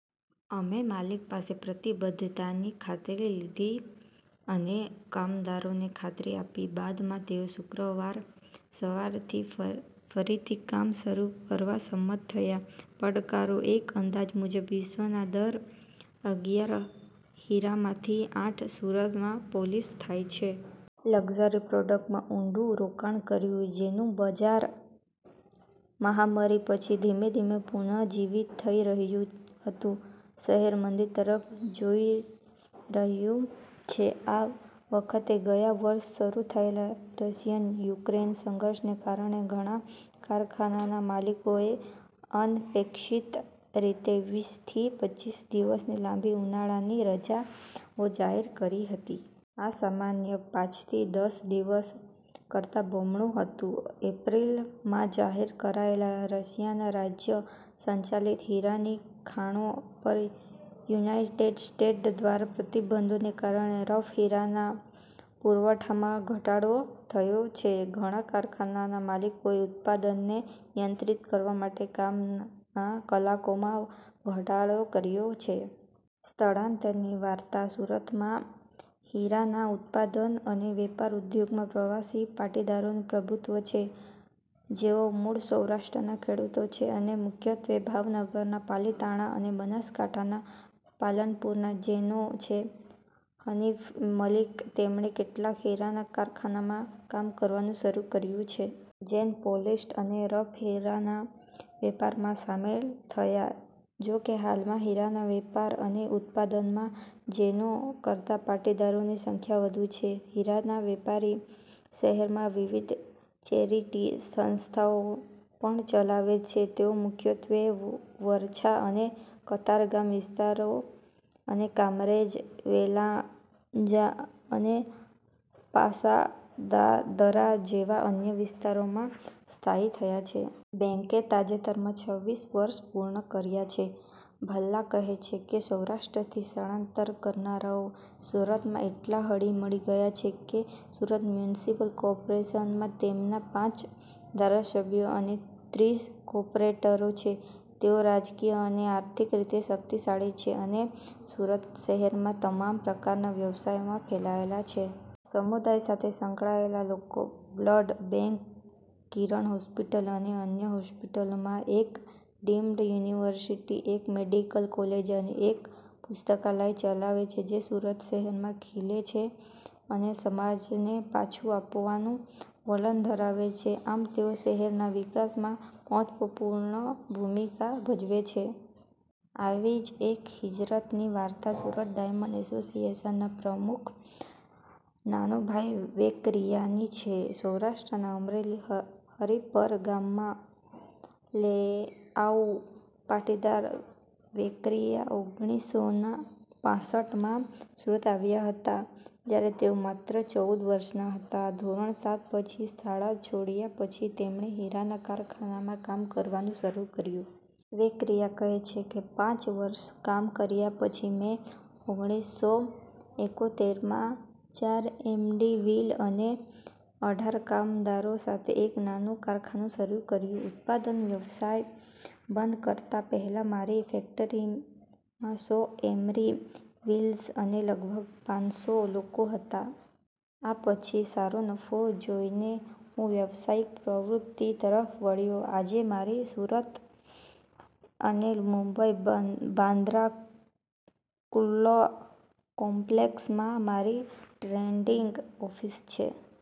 અમે માલિક પાસે પ્રતિબદ્ધતાની ખાતરી લીધી અને કામદારોને ખાતરી આપી. બાદમાં તેઓ શુક્રવાર સવારથી ફરીથી કામ શરૂ કરવા સંમત થયા. પડકારો એક અંદાજ મુજબ, વિશ્વના દર અગીયાર હીરામાંથી આઠ સુરતમાં પોલિશ થાય છે. લક્ઝરી પ્રોડક્ટમાં ઊંડું રોકાણ કર્યું, જેનું બજાર મહામારી પછી ધીમે ધીમે પુનઃજીવિત થઈ રહ્યું હતું, શહેર મંદી તરફ જોઈ રહ્યું છે, આ વખતે ગયા વર્ષે શરૂ થયેલા રશિયા-યુક્રેન સંઘર્ષને કારણે, ઘણા કારખાનાના માલિકોએ અનપેક્ષિત રીતે વીસ થી પચ્ચીસ દિવસની લાંબી ઉનાળાની રજાઓ જાહેર કરી હતી. આ સામાન્ય પાંચ થી દસ દિવસ કરતાં બમણું હતું. એપ્રિલમાં જાહેર કરાયેલા રશિયાની રાજ્ય સંચાલિત હીરાની ખાણો પર યુનાઇટેડ સ્ટેટ્સ દ્વારા પ્રતિબંધોને કારણે રફ હીરાના પુરવઠામાં ઘટાડો થયો છે, ઘણા કારખાનાના માલિકોએ ઉત્પાદનને નિયંત્રિત કરવા માટે કામના કલાકોમાં ઘટાડો કર્યો છે. સ્થળાંતરની વાર્તા, સુરતમાં હીરાના ઉત્પાદન અને વેપાર ઉદ્યોગમાં પ્રવાસી પાટીદારોનું પ્રભુત્વ છે, જેઓ મૂળ સૌરાષ્ટ્રના ખેડૂતો છે અને મુખ્યત્વે ભાવનગરના પાલિતાણા અને બનાસકાંઠાના પાલનપુરના જૈનો છે. હનિફ મલિક તેમણે કેટલાક હીરાના કારખાનામાં કામ કરવાનું શરૂ કર્યું. જૈન પોલિશ્ડ અને રફ હીરાના વેપારમાં સામેલ થયા. જો કે હાલમાં હીરાના વેપાર અને ઉત્પાદનમાં જૈનો કરતાં પાટીદારોની સંખ્યા વધુ છે. હીરાના વેપારી શહેરમાં વિવિધ ચેરીટી સંસ્થાઓ પણ ચલાવે છે. " તેઓ મુખ્યત્વે વરાછા અને કતારગામ વિસ્તારો અને કામરેજ, વેલંજા અને પાસોદરા જેવા અન્ય વિસ્તારોમાં સ્થાયી થયા છે. બેંકે તાજેતરમાં છવ્વીસ વર્ષ પૂર્ણ કર્યા છે. ભલ્લાલા કહે છે કે, સૌરાષ્ટ્રથી સ્થળાંતર કરનારાઓ "સુરતમાં એટલા હળીભળી ગયા છે કે, સુરત મ્યુનિસિપલ કોર્પોરેશનમાં તેમના પાંચ ધારાસભ્યો અને ત્રીસ કોર્પોરેટરો છે. " "તેઓ રાજકીય અને આર્થિક રીતે શક્તિશાળી છે અને સુરત શહેરમાં તમામ પ્રકારના વ્યવસાયોમાં ફેલાયેલા છે. સમુદાય સાથે સંકળાયેલા લોકો બ્લડ બેંક, કિરણ હોસ્પિટલ, અને અન્ય હોસ્પિટલો, એક ડીમ્ડ યુનિવર્સિટી, એક મેડિકલ કોલેજ અને એક પુસ્તકાલય ચલાવે છે. જે સુરત શહેરમાં ખીલે છે અને સમાજને પાછું આપવાનું વલણ ધરાવે છે, આમ તેઓ શહેરના વિકાસમાં મહત્વની ભૂમિકા ભજવે છે. " આવી જ એક હિજરતની વાર્તા સુરત ડાયમંડ એસોસિએશનના પ્રમુખ નાનુભાઈ વેકરિયાની છે. સૌરાષ્ટ્રના અમરેલીના હરીપર ગામના લેઉવા પાટીદાર વેકરિયા ઓગણીસસો પાંસઠમાં સુરત આવ્યા હતા, જ્યારે તેઓ માત્ર ચૌદ વર્ષના હતા. ધોરણ સાત પછી શાળા છોડ્યા પછી, તેમણે હીરાના કારખાનામાં કામ કરવાનું શરૂ કર્યું. વેકરિયા કહે છે કે, પાંચ વર્ષ કામ કર્યા પછી, મેં ઓગણીસસો એકોતેરમાં ચાર એમરી વ્હીલ્સ અને અઢાર કામદારો સાથે એક નાનું કારખાનું શરૂ કર્યું. ઉત્પાદન વ્યવસાય બંધ કરતા પહેલા, મારી ફેક્ટરીમાં સો એમરી વ્હીલ્સ અને લગભગ પાંચ સો લોકો હતા. આ પછી સારો નફો જોઈને હું વ્યવસાયિક પ્રવૃત્તિઓ તરફ વળ્યો. આજે મારી સુરત અને મુંબઈમાં બાંદ્રા કુર્લા કોમ્પ્લેક્સમાં મારી ટ્રેડિંગ ઓફિસ છે.